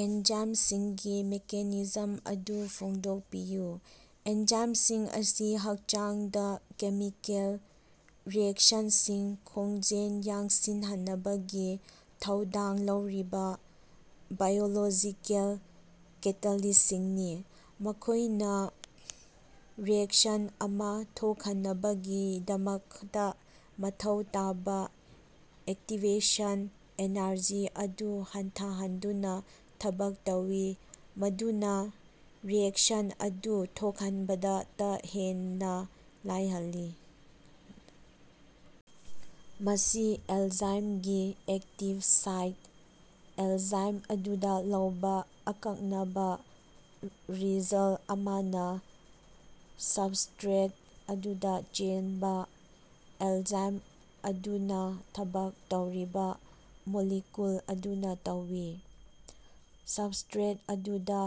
ꯑꯦꯟꯖꯥꯏꯝꯁꯤꯡꯒꯤ mechanism ꯑꯗꯨ ꯐꯣꯡꯗꯣꯛꯄꯤꯌꯨ꯫ ꯑꯦꯟꯖꯥꯏꯝꯁꯤꯡ ꯑꯁꯤ ꯍꯛꯆꯥꯡꯗ ꯀꯦꯃꯤꯀꯦꯜ ꯔꯤꯑꯦꯛꯁꯟꯁꯤꯡ ꯈꯣꯡꯖꯦꯜ ꯌꯥꯡꯁꯤꯟꯍꯟꯅꯕꯒꯤ ꯊꯧꯗꯥꯡ ꯂꯧꯔꯤꯕꯥ ꯕꯥꯏꯑꯣꯂꯣꯖꯤꯀꯦꯜ ꯀꯦꯇꯥꯂꯤꯁꯁꯤꯡꯅꯤ꯫ ꯃꯈꯣꯏꯅ ꯔꯤꯑꯦꯛꯁꯟ ꯑꯃ ꯊꯣꯛꯍꯟꯅꯕꯒꯤꯗꯃꯛꯇ ꯃꯊꯧ ꯇꯥꯕ ꯑꯦꯛꯇꯤꯚꯦꯁꯟ ꯑꯦꯅꯔꯖꯤ ꯑꯗꯨ ꯍꯟꯊꯍꯟꯗꯨꯅꯥ ꯊꯕꯛ ꯇꯧꯏ, ꯃꯗꯨꯅ ꯔꯤꯑꯦꯛꯁꯟ ꯑꯗꯨ ꯊꯣꯛꯍꯟꯕꯗꯥ ꯍꯦꯟꯅ ꯂꯥꯏꯍꯜꯂꯤ꯫ ꯃꯁꯤ ꯑꯦꯟꯖꯥꯏꯝꯒꯤ ꯑꯦꯛꯇꯤꯚ ꯁꯥꯏꯠ, ꯑꯦꯅꯖꯥꯏꯝ ꯑꯗꯨꯗ ꯂꯩꯕ ꯑꯀꯛꯅꯕꯥ ꯔꯤꯖꯟ ꯑꯃꯅ ꯁꯕꯁꯇ꯭ꯔꯦꯠ ꯑꯗꯨꯗ ꯆꯦꯟꯕ, ꯑꯦꯟꯖꯥꯏꯝ ꯑꯗꯨꯅ ꯊꯕꯛ ꯇꯧꯔꯤꯕ ꯃꯣꯂꯤꯀꯨꯜ ꯑꯗꯨꯅ ꯇꯧꯏ꯫ ꯁꯕꯁꯇ꯭ꯔꯦꯠ ꯑꯗꯨꯅ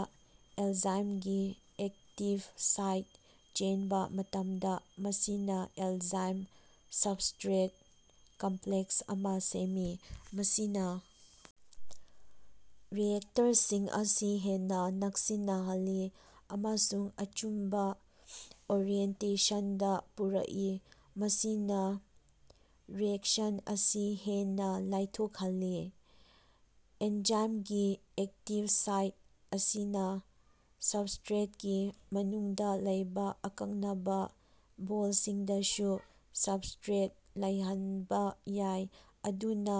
ꯑꯦꯟꯖꯥꯏꯝꯒꯤ ꯑꯦꯛꯇꯤꯕ ꯁꯥꯏꯠꯇ ꯆꯦꯟꯕ ꯃꯇꯝꯗ, ꯃꯁꯤꯅ ꯑꯦꯟꯖꯥꯏꯝ-ꯁꯕꯁꯇ꯭ꯔꯦꯠ ꯀꯝꯄ꯭ꯂꯦꯛꯁ ꯑꯃ ꯁꯦꯝꯃꯤ꯫ ꯃꯁꯤꯅ ꯔꯤꯑꯦꯛꯇꯔꯁꯤꯡ ꯑꯁꯤ ꯍꯦꯟꯅ ꯅꯛꯁꯤꯟꯅꯍꯜꯂꯤ ꯑꯃꯁꯨꯡ ꯑꯆꯨꯝꯕ ꯑꯣꯔꯤꯑꯦꯟꯇꯦꯁꯟꯗꯥ ꯄꯨꯔꯛꯏ, ꯃꯁꯤꯅ ꯔꯤꯑꯦꯛꯁꯟ ꯑꯁꯤ ꯍꯦꯟꯅ ꯂꯥꯏꯊꯣꯛꯍꯜꯂꯤ꯫ ꯑꯦꯟꯖꯥꯏꯝꯒꯤ ꯑꯦꯛꯇꯤꯕ ꯁꯥꯏꯠ ꯑꯁꯤꯅ ꯁꯕꯁꯇ꯭ꯔꯦꯠꯀꯤ ꯃꯅꯨꯡꯗ ꯂꯩꯕ ꯑꯀꯛꯅꯕ ꯕꯣꯟꯁꯤꯡꯗꯁꯨ ꯁꯇ꯭ꯔꯦꯁ ꯂꯩꯍꯟꯕꯥ ꯌꯥꯏ, ꯃꯗꯨꯅ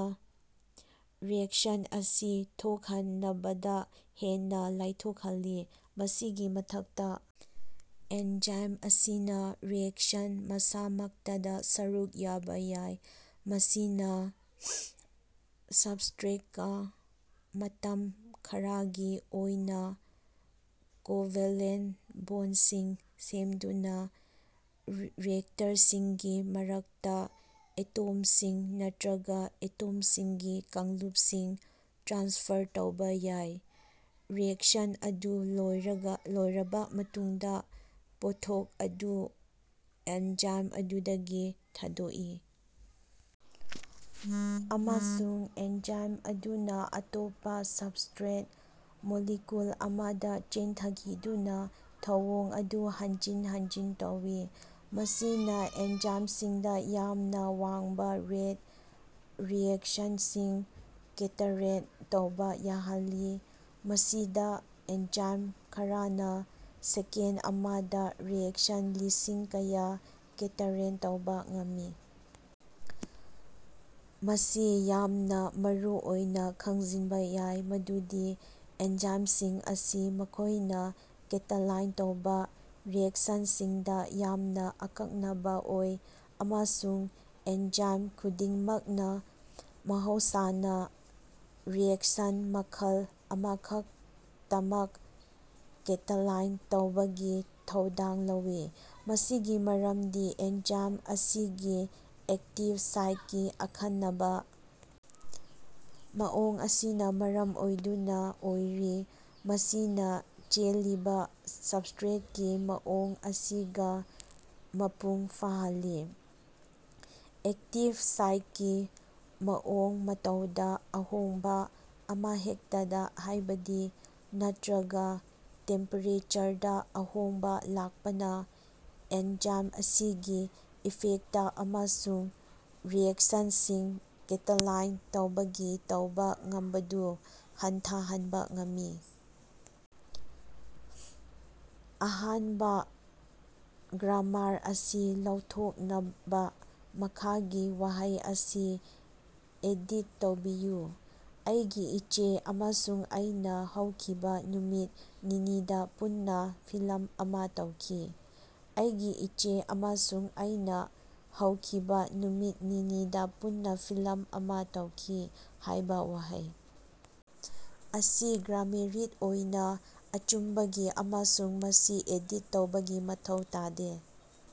ꯔꯤꯑꯦꯛꯁꯟ ꯑꯁꯤ ꯊꯣꯛꯍꯟꯅꯕꯗ ꯍꯦꯟꯅ ꯂꯥꯏꯊꯣꯛꯍꯜꯂꯤ꯫ ꯃꯁꯤꯒꯤ ꯃꯊꯛꯇ, ꯑꯦꯟꯖꯥꯏꯝ ꯑꯁꯤꯅ ꯔꯤꯑꯦꯛꯁꯟ ꯃꯁꯥꯃꯛꯇꯗ ꯁꯔꯨꯛ ꯌꯥꯕ ꯌꯥꯏ, ꯃꯁꯤꯅ ꯁꯕꯁꯇ꯭ꯔꯦꯠꯀꯥ ꯃꯇꯝ ꯈꯔꯒꯤ ꯑꯣꯏꯕ ꯀꯣꯑꯣꯚꯦꯂꯦꯟ ꯕꯣꯟꯁꯤꯡ ꯁꯦꯝꯗꯨꯅ ꯔꯤꯑꯦꯛꯇꯔꯁꯤꯡꯒꯤ ꯃꯔꯛꯇ ꯑꯦꯇꯣꯝꯁꯤꯡ ꯅꯠꯇ꯭ꯔꯒ ꯑꯦꯇꯣꯝꯁꯤꯡꯒꯤ ꯀꯥꯡꯂꯨꯞꯁꯤꯡ ꯇ꯭ꯔꯥꯟꯁꯐꯔ ꯇꯧꯕ ꯌꯥꯏ꯫ ꯔꯤꯑꯦꯛꯁꯟ ꯑꯗꯨ ꯂꯣꯏꯔꯕ ꯃꯇꯨꯡꯗ, ꯄꯣꯠꯊꯣꯛ ꯑꯗꯨ ꯑꯦꯟꯖꯥꯏꯝ ꯑꯗꯨꯗꯒꯤ ꯊꯥꯗꯣꯛꯏ, ꯑꯃꯁꯨꯡ ꯑꯦꯟꯖꯥꯏꯝ ꯑꯗꯨꯅ ꯑꯇꯣꯞꯄ ꯁꯕꯁꯇ꯭ꯔꯦꯠ ꯃꯣꯂꯤꯀꯨꯜ ꯑꯃꯗ ꯆꯦꯟꯊꯈꯤꯗꯨꯅꯥ ꯊꯧꯑꯣꯡ ꯑꯗꯨ ꯍꯟꯖꯤꯟ ꯍꯟꯖꯤꯟ ꯇꯧꯏ꯫ ꯃꯁꯤꯅ ꯑꯦꯟꯖꯥꯏꯝꯁꯤꯡꯗ ꯌꯥꯝꯅ ꯋꯥꯡꯕ ꯔꯦꯠ ꯔꯤꯑꯦꯛꯁꯟꯁꯤꯡ ꯀꯦꯇꯥꯂꯥꯏꯖ ꯇꯧꯕ ꯌꯥꯍꯜꯂꯤ, ꯃꯁꯤꯗ ꯑꯦꯟꯖꯥꯏꯝ ꯈꯔꯅ ꯁꯦꯀꯦꯟ ꯑꯃꯗ ꯔꯤꯑꯦꯛꯁꯟ ꯂꯤꯁꯤꯡ ꯀꯌꯥ ꯀꯦꯇꯥꯂꯥꯏꯖ ꯇꯧꯕ ꯉꯝꯃꯤ꯫ ꯃꯁꯤ ꯌꯥꯝꯅ ꯃꯔꯨꯑꯣꯏꯅ ꯈꯪꯖꯤꯟꯕ ꯌꯥꯏ ꯃꯗꯨꯗꯤ ꯑꯦꯟꯖꯥꯏꯝꯁꯤꯡ ꯑꯁꯤ ꯃꯈꯣꯏꯅ ꯀꯦꯇꯥꯂꯥꯏꯖ ꯇꯧꯕ ꯔꯤꯑꯦꯛꯁꯟꯁꯤꯡꯗ ꯌꯥꯝꯅ ꯑꯀꯛꯅꯕ ꯑꯣꯏ, ꯑꯃꯁꯨꯡ ꯑꯦꯟꯖꯥꯏꯝ ꯈꯨꯗꯤꯡꯃꯛꯅ ꯃꯍꯧꯁꯥꯅ ꯔꯤꯑꯦꯛꯁꯟ ꯃꯈꯜ ꯑꯃꯈꯛꯇꯃꯛ ꯀꯦꯇꯥꯂꯥꯏꯖ ꯇꯧꯕꯒꯤ ꯊꯧꯗꯥꯡ ꯂꯧꯏ꯫ ꯃꯁꯤꯒꯤ ꯃꯔꯝꯗꯤ ꯑꯦꯟꯖꯥꯏꯝ ꯑꯁꯤꯒꯤ ꯑꯦꯛꯇꯤꯕ ꯁꯥꯏꯠꯀꯤ ꯑꯈꯟꯅꯕ ꯃꯑꯣꯡ ꯑꯁꯤꯅ ꯃꯔꯝ ꯑꯣꯏꯗꯨꯅ ꯑꯣꯏꯔꯤ, ꯃꯁꯤꯅ ꯆꯦꯜꯂꯤꯕ ꯁꯕꯁꯇ꯭ꯔꯦꯠꯀꯤ ꯃꯑꯣꯡ ꯑꯁꯤꯒ ꯃꯄꯨꯡ ꯐꯥꯍꯜꯂꯤ꯫ ꯑꯦꯛꯇꯤꯚ ꯁꯥꯏꯠꯀꯤ ꯃꯑꯣꯡ-ꯃꯇꯧꯗ ꯑꯍꯣꯡꯕ ꯑꯃꯍꯦꯛꯇꯅ, ꯍꯥꯢꯕꯗꯤ ꯅꯠꯇ꯭ꯔꯒ ꯇꯦꯝꯄꯦꯔꯦꯆꯔꯗꯥ ꯑꯍꯣꯡꯕ ꯂꯥꯛꯄꯅ, ꯑꯦꯟꯖꯥꯏꯝ ꯑꯁꯤꯒꯤ ꯏꯐꯦꯛꯇ ꯑꯃꯁꯨꯡ ꯔꯤꯑꯦꯛꯁꯟꯁꯤꯡ ꯀꯦꯇꯥꯂꯥꯏꯖ ꯇꯧꯕꯒꯤ ꯇꯧꯕ ꯉꯝꯕꯗꯨ ꯍꯟꯊꯍꯟꯕꯥ ꯉꯝꯃꯤ꯫ ꯑꯔꯥꯟꯕ ꯒ꯭ꯔꯥꯃꯥꯔ ꯑꯁꯤ ꯂꯧꯊꯣꯛꯅꯕꯥ ꯃꯈꯥꯒꯤ ꯋꯥꯍꯩ ꯑꯁꯤ ꯑꯦꯗꯤꯠ ꯇꯧꯕꯤꯌꯨ: "ꯑꯩꯒꯤ ꯏꯆꯦ ꯑꯃꯁꯨꯡ ꯑꯩꯅ ꯍꯧꯈꯤꯕ ꯅꯨꯃꯤꯠ ꯅꯤꯅꯤꯗ ꯄꯨꯟꯅ ꯐꯤꯂꯝ ꯑꯃ ꯇꯧꯈꯤ꯫ "ꯑꯩꯒꯤ ꯏꯆꯦ ꯑꯃꯁꯨꯡ ꯑꯩꯅꯥ ꯍꯧꯈꯤꯕ ꯅꯨꯃꯤꯠ ꯅꯤꯅꯤꯗ ꯄꯨꯟꯅ ꯐꯤꯂꯝ ꯑꯃ ꯇꯧꯈꯤ" ꯍꯥꯏꯕ ꯋꯥꯍꯩ ꯑꯁꯤ ꯒ꯭ꯔꯥꯃꯦꯔꯤꯛ ꯑꯣꯏꯅ ꯑꯆꯨꯝꯕꯅꯤ ꯑꯃꯁꯨꯡ ꯃꯁꯤ ꯑꯦꯗꯤꯠ ꯇꯧꯕꯒꯤ ꯃꯊꯧ ꯇꯥꯗꯦ꯫